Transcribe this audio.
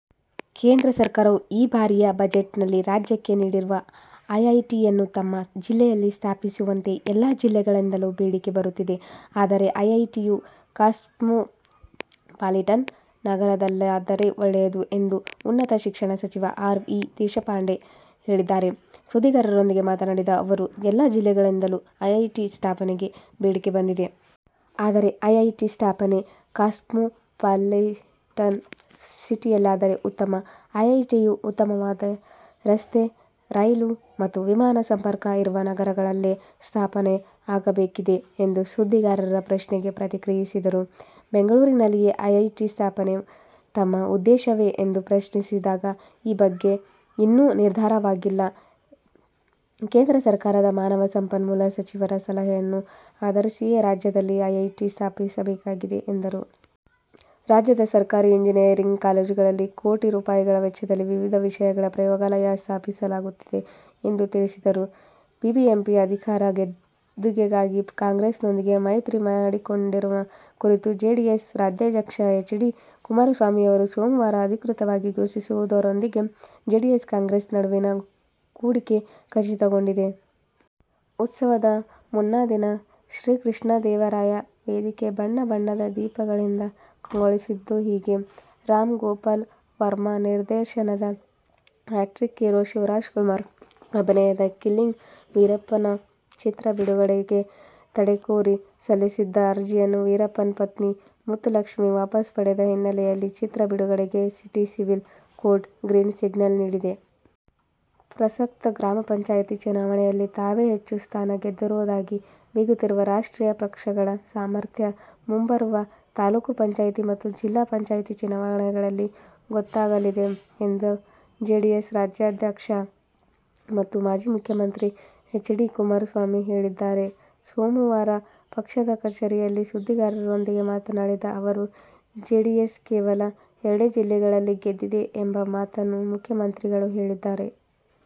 ಕೇಂದ್ರ ಸರ್ಕಾರವು ಈ ಬಾರಿಯ ಬಜೆಟ್ನಲ್ಲಿ ರಾಜ್ಯಕೆ ನೀಡಿರುವ ಐಐಟಿಯನ್ನು ತಮ್ಮ ಜಿಲ್ಲೆಯಲ್ಲಿ ಸ್ಥಾಪಿಸುವಂತೆ ಎಲ್ಲಾ ಜಿಲ್ಲೆಗಳಿಂದಲೂ ಬೇಡಿಕೆ ಬರುತ್ತಿದೆ. ಆದರೆ ಐಐಟಿಯು ಕಾಸ್ಮೋಪಾಲಿಟನ್ ನಗರದಲ್ಲಾದರೆ ಒಳ್ಳೆಯದು ಎಂದು ಉನ್ನತ ಶಿಕ್ಷಣ ಸಚಿವ ಆರ್. ವಿ. ದೇಶಪಾಂಡೆ ಹೇಳಿದ್ದಾರೆ. ಸುದ್ದಿಗಾರರೊಂದಿಗೆ ಮಾತನಾಡಿದ ಅವರು, ಎಲ್ಲಾ ಜಿಲ್ಲೆಗಳಿಂದಲೂ ಐಐಟಿ ಸ್ಥಾಪನೆಗೆ ಬೇಡಿಕೆ ಬಂದಿದೆ. ಆದರೆ ಐಐಟಿ ಸ್ಥಾಪನೆ ಕಾಸ್ಮೋಪಾಲಿಟನ್ ಸಿಟಿಯಲ್ಲಾದರೆ ಉತ್ತಮ. ಐಐಟಿಯು ಉತ್ತಮವಾದ ರಸ್ತೆ, ರೈಲು ಮತ್ತು ವಿಮಾನ ಸಂಪರ್ಕ ಇರುವ ನಗರಗಳಲ್ಲೇ ಸ್ಥಾಪನೆ ಆಗಬೇಕಾಗಿದೆ ಎಂದು ಸುದ್ದಿಗಾರರ ಪ್ರಶ್ನೆಗೆ ಪ್ರತಿಕ್ರಿಯಿಸಿದರು. ಬೆಂಗಳೂರಿನಲ್ಲಿಯೇ ಐಐಟಿ ಸ್ಥಾಪನೆ ತಮ್ಮ ಉದ್ದೇಶವೇ ಎಂದು ಪ್ರಶ್ನಿಸಿದಾಗ, ಈ ಬಗ್ಗೆ ಇನ್ನೂ ನಿರ್ಧಾರವಾಗಿಲ್ಲ. ಕೇಂದ್ರ ಸರ್ಕಾರದ ಮಾನವ ಸಂಪನ್ಮೂಲ ಸಚಿವರ ಸಲಹೆಯನ್ನು ಆಧರಿಸಿಯೇ ರಾಜ್ಯದಲ್ಲಿ ಐಐಟಿ ಸ್ಥಾಪಿಸಬೇಕಾಗಿದೆ ಎಂದರು. ರಾಜ್ಯದ ಸರ್ಕಾರಿ ಇಂಜಿನಿಯರಿಂಗ್ ಕಾಲೇಜುಗಳಲ್ಲಿ ಕೋಟಿ ರೂಗಳ ವೆಚ್ಚದಲ್ಲಿ ವಿವಿಧ ವಿಷಯಗಳ ಪ್ರಯೋಗಾಲಯ ಸ್ಥಾಪಿಸಲಾಗುತ್ತಿದೆ ಎಂದೂ ತಿಳಿಸಿದರು. ಬಿಬಿಎಂಪಿ ಅಧಿಕಾರ ಗದ್ದುಗೆಗಾಗಿ ಕಾಂಗ್ರೆಸ್ನೊಂದಿಗೆ ಮೈತ್ರಿ ಮಾಡಿಕೊಂಡಿರುವ ಕುರಿತು ಜೆಡಿಎಸ್ ರಾಜ್ಯಾಧ್ಯಕ್ಷ ಎಚ್. ಡಿ. ಕುಮಾರಸ್ವಾಮಿ ಅವರು ಸೋಮವಾರ ಅಧಿಕೃತವಾಗಿ ಘೋಷಿಸುವುದರೊಂದಿಗೆ ಜೆಡಿಎಸ್-ಕಾಂಗ್ರೆಸ್ ನಡುವಿನ ಕೂಡಿಕೆ ಖಚಿತಗೊಂಡಿದೆ. ಉತ್ಸವದ ಮುನ್ನಾದಿನ ಶ್ರೀಕೃಷ್ಣದೇವರಾಯ ವೇದಿಕೆ ಬಣ್ಣ, ಬಣ್ಣದ ದೀಪಗಳಿಂದ ಕಂಗೊಳಿಸಿದ್ದು ಹೀಗೆ. ರಾಮ್ ಗೋಪಾಲ್ ವರ್ಮಾ ನಿರ್ದೇಶನದ, ಹ್ಯಾಟ್ರಿಕ್ ಹೀರೋ ಶಿವರಾಜ್ ಕುಮಾರ್ ಅಭಿನಯದ ಕಿಲ್ಲಿಂಗ್ ವೀರಪ್ಪನ್ ಚಿತ್ರ ಬಿಡುಗಡೆಗೆ ತಡೆಕೋರಿ ಸಲ್ಲಿಸಿದ್ದ ಅರ್ಜಿಯನ್ನು ವೀರಪ್ಪನ್ ಪತ್ನಿ ಮುತ್ತುಲಕ್ಷ್ಮಿ ವಾಪಸ್ ಪಡೆದ ಹಿನ್ನೆಲೆಯಲ್ಲಿ ಚಿತ್ರ ಬಿಡುಗಡೆಗೆ city civil court green signal ನೀಡಿದೆ. ಪ್ರಸಕ್ತ ಗ್ರಾಮ ಪಂಚಾಯ್ತಿ ಚುನಾವಣೆಯಲ್ಲಿ ತಾವೇ ಹೆಚ್ಚು ಸ್ಥಾನ ಗೆದ್ದಿರುವುದಾಗಿ ಬೀಗುತ್ತಿರುವ ರಾಷ್ಟ್ರೀಯ ಪಕ್ಷಗಳ ಸಾಮರ್ಥ್ಯ ಮುಂಬರುವ ತಾಲೂಕು ಪಂಚಾಯ್ತಿ ಮತ್ತು ಜಿಲ್ಲಾ ಪಂಚಾಯ್ತಿ ಚುನಾವಣೆಗಳಲ್ಲಿ ಗೊತ್ತಾಗಲಿದೆ ಎಂದು ಜೆಡಿಎಸ್ ರಾಜ್ಯಾಧ್ಯಕ್ಷ ಮತ್ತು ಮಾಜಿ ಮುಖ್ಯಮಂತ್ರಿ ಎಚ್. ಡಿ. ಕುಮಾರಸ್ವಾಮಿ ಹೇಳಿದ್ದಾರೆ. ಸೋಮವಾರ ಪಕ್ಷದ ಕಚೇರಿಯಲ್ಲಿ ಸುದ್ದಿಗಾರರೊಂದಿಗೆ ಮಾತನಾಡಿದ ಅವರು, ಜೆಡಿಎಸ್ ಕೇವಲ ಎರಡೇ ಜಿಲ್ಲೆಗಳಲ್ಲಿ ಗೆದ್ದಿದೆ ಎಂಬ ಮಾತನ್ನು ಮುಖ್ಯಮಂತ್ರಿಗಳು ಹೇಳಿದ್ದಾರೆ.